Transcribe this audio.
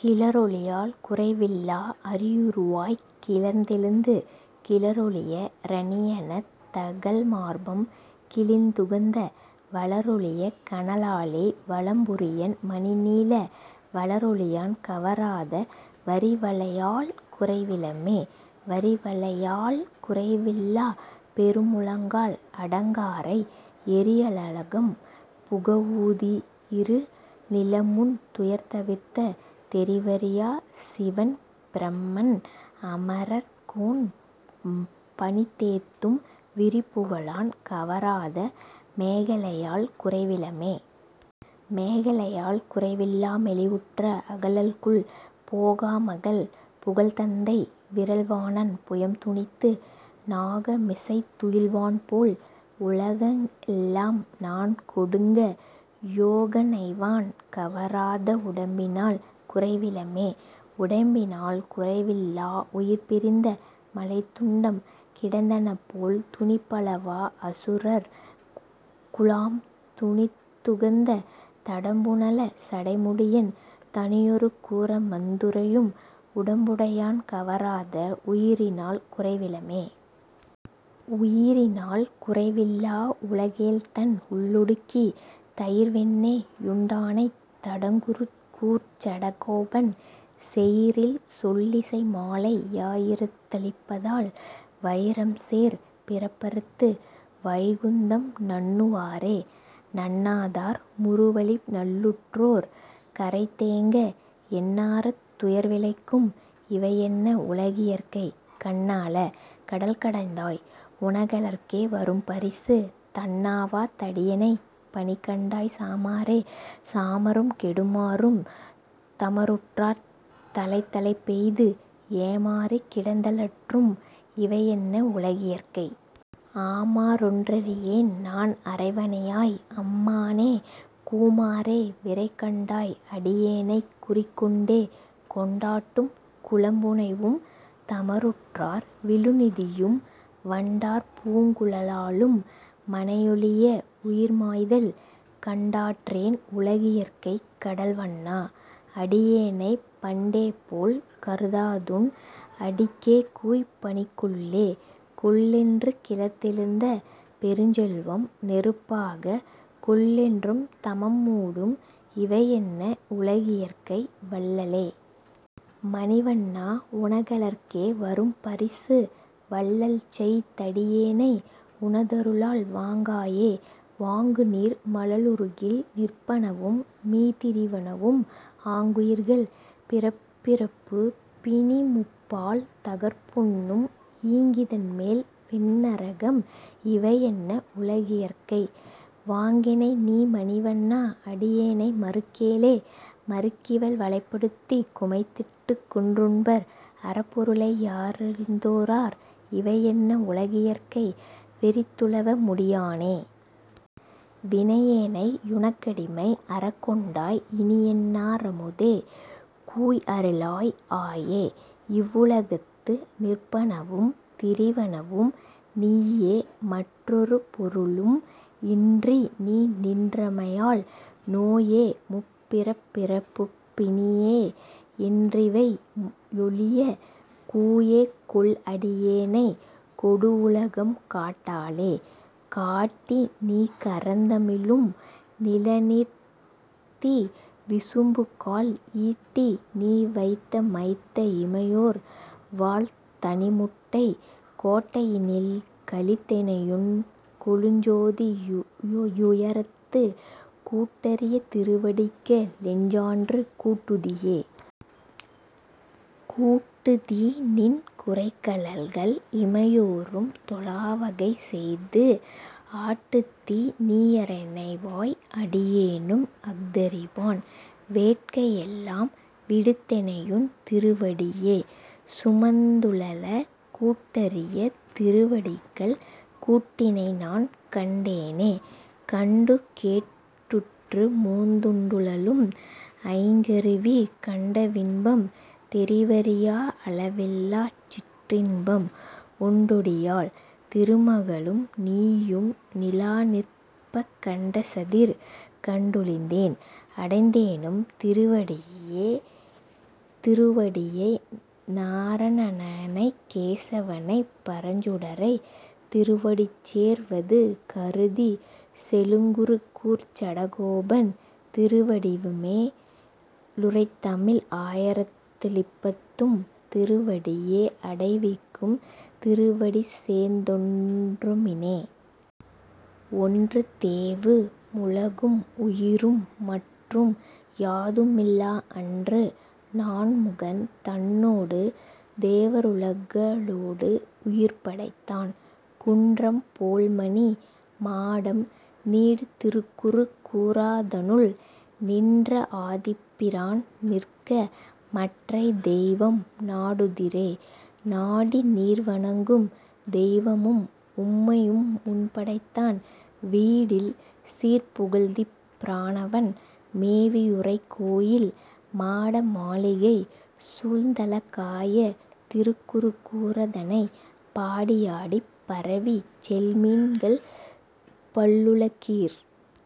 கிளரொளியால் குறைவில்லா அரியுருவாய்க் கிளர்ந்தெழுந்து, கிளரொளிய இரணியன தகல்மார்பம் கிழிந்துகந்த, வளரொளிய கனலாழி வலம்புரியன் மணிநீல, வளரொளியான் கவராத வரிவளையால் குறைவிலமே.. வரிவளையால் குறைவில்லாப் பெருமுழக்கால் அடங்காரை, எரியழலகம் புகவூதி யிருநிலமுன் துயர்தவிர்த்த, தெரிவரிய சிவன்பிரமன் அமரர் கோன் பணிந்தேத்தும், விரிபுகழான் கவராத மேகலையால் குறைவிலமே.. மேகலையால் குறைவில்லா மெலிவுற்ற அகலல்குல், போகமகள் புகழ்த்தந்தை விறல்வாணன் புயம்துணித்து, நாகமிசைத் துயில்வான்போல் உலகம்கெல்லாம் நன்கொடுங்க, யோகணைவான் கவராத வுடம்பினால் குறைவிலமே.. உடம்பினால் குறைவில்லா உயிர்பிரிந்த மலைத்துண்டம், கிடந்தனபோல் துணிபலவா அசுரர் குழாம் துணித்துகந்த, தடம்புனல சடைமுடியன் தனியொரு கூறமர்ந்துறையும், உடம்புடையான் கவராத உயிரினால் குறைவிலமே. உயிரினால் குறைவில்லா உலகேழ்தன் உள்ளொடுக்கி, தயிர்வெண்ணெ யுண்டானைத், தடங்குருகூர்ச் சடகோபன், செயிரில்சொல் லிசைமாலை யாயிரத்து ளிப்பத்தால் வயிரம்சேர் பிறப்பறுத்து வைகுந்தம் நண்ணுவரே. நண்ணாதார் முறுவலிப்ப நல்லுற்றார் கரைந்தேங்க, எண்ணாராத் துயர்விளைக்கும் இவையென்ன உலகியற்கை?, கண்ணாளா. கடல்கடைந்தாய். உனகழற்கே வரும்பரிசு, தண்ணாவா தடியேனைப் பணிகண்டாய் சாமாறே.. சாமாறும் கெடுமாறும் தமருற்றார் தலைத்தலைப்பெய்து, ஏமாறிக் கிடந்தலற்றும் இவையென்ன உலகியற்கை?, ஆமாறொன் றறியேன்நான் அரவணையாய். அம்மானே, கூமாறே விரைகண்டாய் அடியேனைக் குறிக்கொண்டே.. கொண்டாட்டும் குலம்புனைவும் தமருற்றார் விழுநிதியும், வண்டார்பூங் குழலாளும் மனையொழிய வுயிர்மாய்தல், கண்டாற்றேன் உலகியற்கை கடல்வண்ணா. அடியேனைப் பண்டேபோல் கருதாதுன் அடிக்கேகூய்ப் பணிகொள்ளே.. கொள்ளென்று கிளர்ந்தெழுந்த பெருஞ்செல்வம் நெருப்பாக, கொள்ளென்று தமம்மூடும் இவையென்ன உலகியற்கை? வள்ளலே. மணிவண்ணா. உனகழற்கே வரும்பரிசு, வள்ளல்செய் தடியேனை உனதருளால் வாங்காயே.. வாங்குநீர் மலருலகில் நிற்பனவுமீ திரிவனவும், ஆங்குயிர்கள் பிறப்பிறப்புப் பிணிமூப்பால் தகர்ப்புண்ணும், ஈங்கிதன்மேல் வெந்நரகம் இவையென்ன உலகியற்கை? வாங்கெனைநீ மணிவண்ணா. அடியேனை மறுக்கேலே.. மறுக்கிவல் வலைப்படுத்திக் குமைத்திட்டுக் கொன்றுண்பர், அறப்பொருளை யறிந்தோரார் இவையென்ன உலகியற்கை? வெறித்துளவ முடியானே. வினையேனை யுனக்கடிமை அறக்கொண்டாய், இனியென்னா ரமுதே. கூய் அருளாயே.. ஆயே. இவ் வுலகத்து நிற்பனவும் திரிவனவும் நீயேமற் றொருபொருளும் இன்றிநீ நின்றமையால், நோயேமூப் பிறப்பிறப்புப் பிணியேயென் றிவையொழியக், கூயேகொள் அடியேனைக் கொடுவுலகம் காட்டேலே.. காட்டிநீ கரந்துமிழும் நிலநீர்தீ விசும்புகால், ஈட்டீநீ வைத்தமைத்த இமையோர் வாழ் தனிமுட்டைக், கோட்டையினில் கழித்தெனையுன் கொழுஞ்சோதி யுயரத்து, கூட்டரிய திருவடிக்க ளெஞ்ஞான்று கூட்டுதியே?. கூட்டுதிநின் குரைகழல்கள் இமையோரும் தொழாவகை செய்து, ஆட்டுதிநீ யரவணையாய். அடியேனும் அஃதறிவன், வேட்கையெல்லாம் விடுத்தெனையுன் திருவடியே சுமந்துழல, கூட்டரிய திருவடிக்கள் கூட்டினைநான் கண்டேனே.. கண்டுகேட் டுற்றுமோந்துண்டுழலும் ஐங்கருவி கண்டவின்பம், தெரிவரிய அளவில்லாச் சிற்றின்பம், ஒண்டொடியாள் திருமகளும் நீயுமே நிலாநிற்பக், கண்டசதிர் கண்டொழிந்தேன் அடைந்தேனுன் திருவடியே. திருவடியே நாரணனைக்கேசவனைப் பரஞ்சுடரை, திருவடிசேர்வது கருதிச் செழுங்குரு கூர்ச்சடகோபன், திருவடிமே லுரைத்ததமிழ் ஆயிரத்து ளிப்பத்தும், திருவடியே அடைவிக்கும் திருவடிசேர்ந் தொன்றுமினே. ஒன்றுந் தேவு முலகும் உயிரும் மற்றும் யாதுமில்லா அன்று, நான்முகன் தன்னொடு தேவ ருலகோ டுயிர்படைத்தான், குன்றம் போல்மணி மாடம் நீடு திருக்குரு கூரதனுள், நின்ற ஆதிப்பி ரான்நிற்க மற்றைத் தெய்வம் நாடுதிரே.. நாடி நீர்வ ணங்கும் தெய்வமும் உம்மையு முன்படைத்தான், வீடில் சீர்ப்புக ழாதிப்பி ரானவன் மேவி யுறைகோயில், மாட மாளிகை சூழ்ந்தழ காய திருக்குரு கூரதனைப், பாடி யாடிப் பரவிச் செல்மின்கள் பல்லுல கீர்.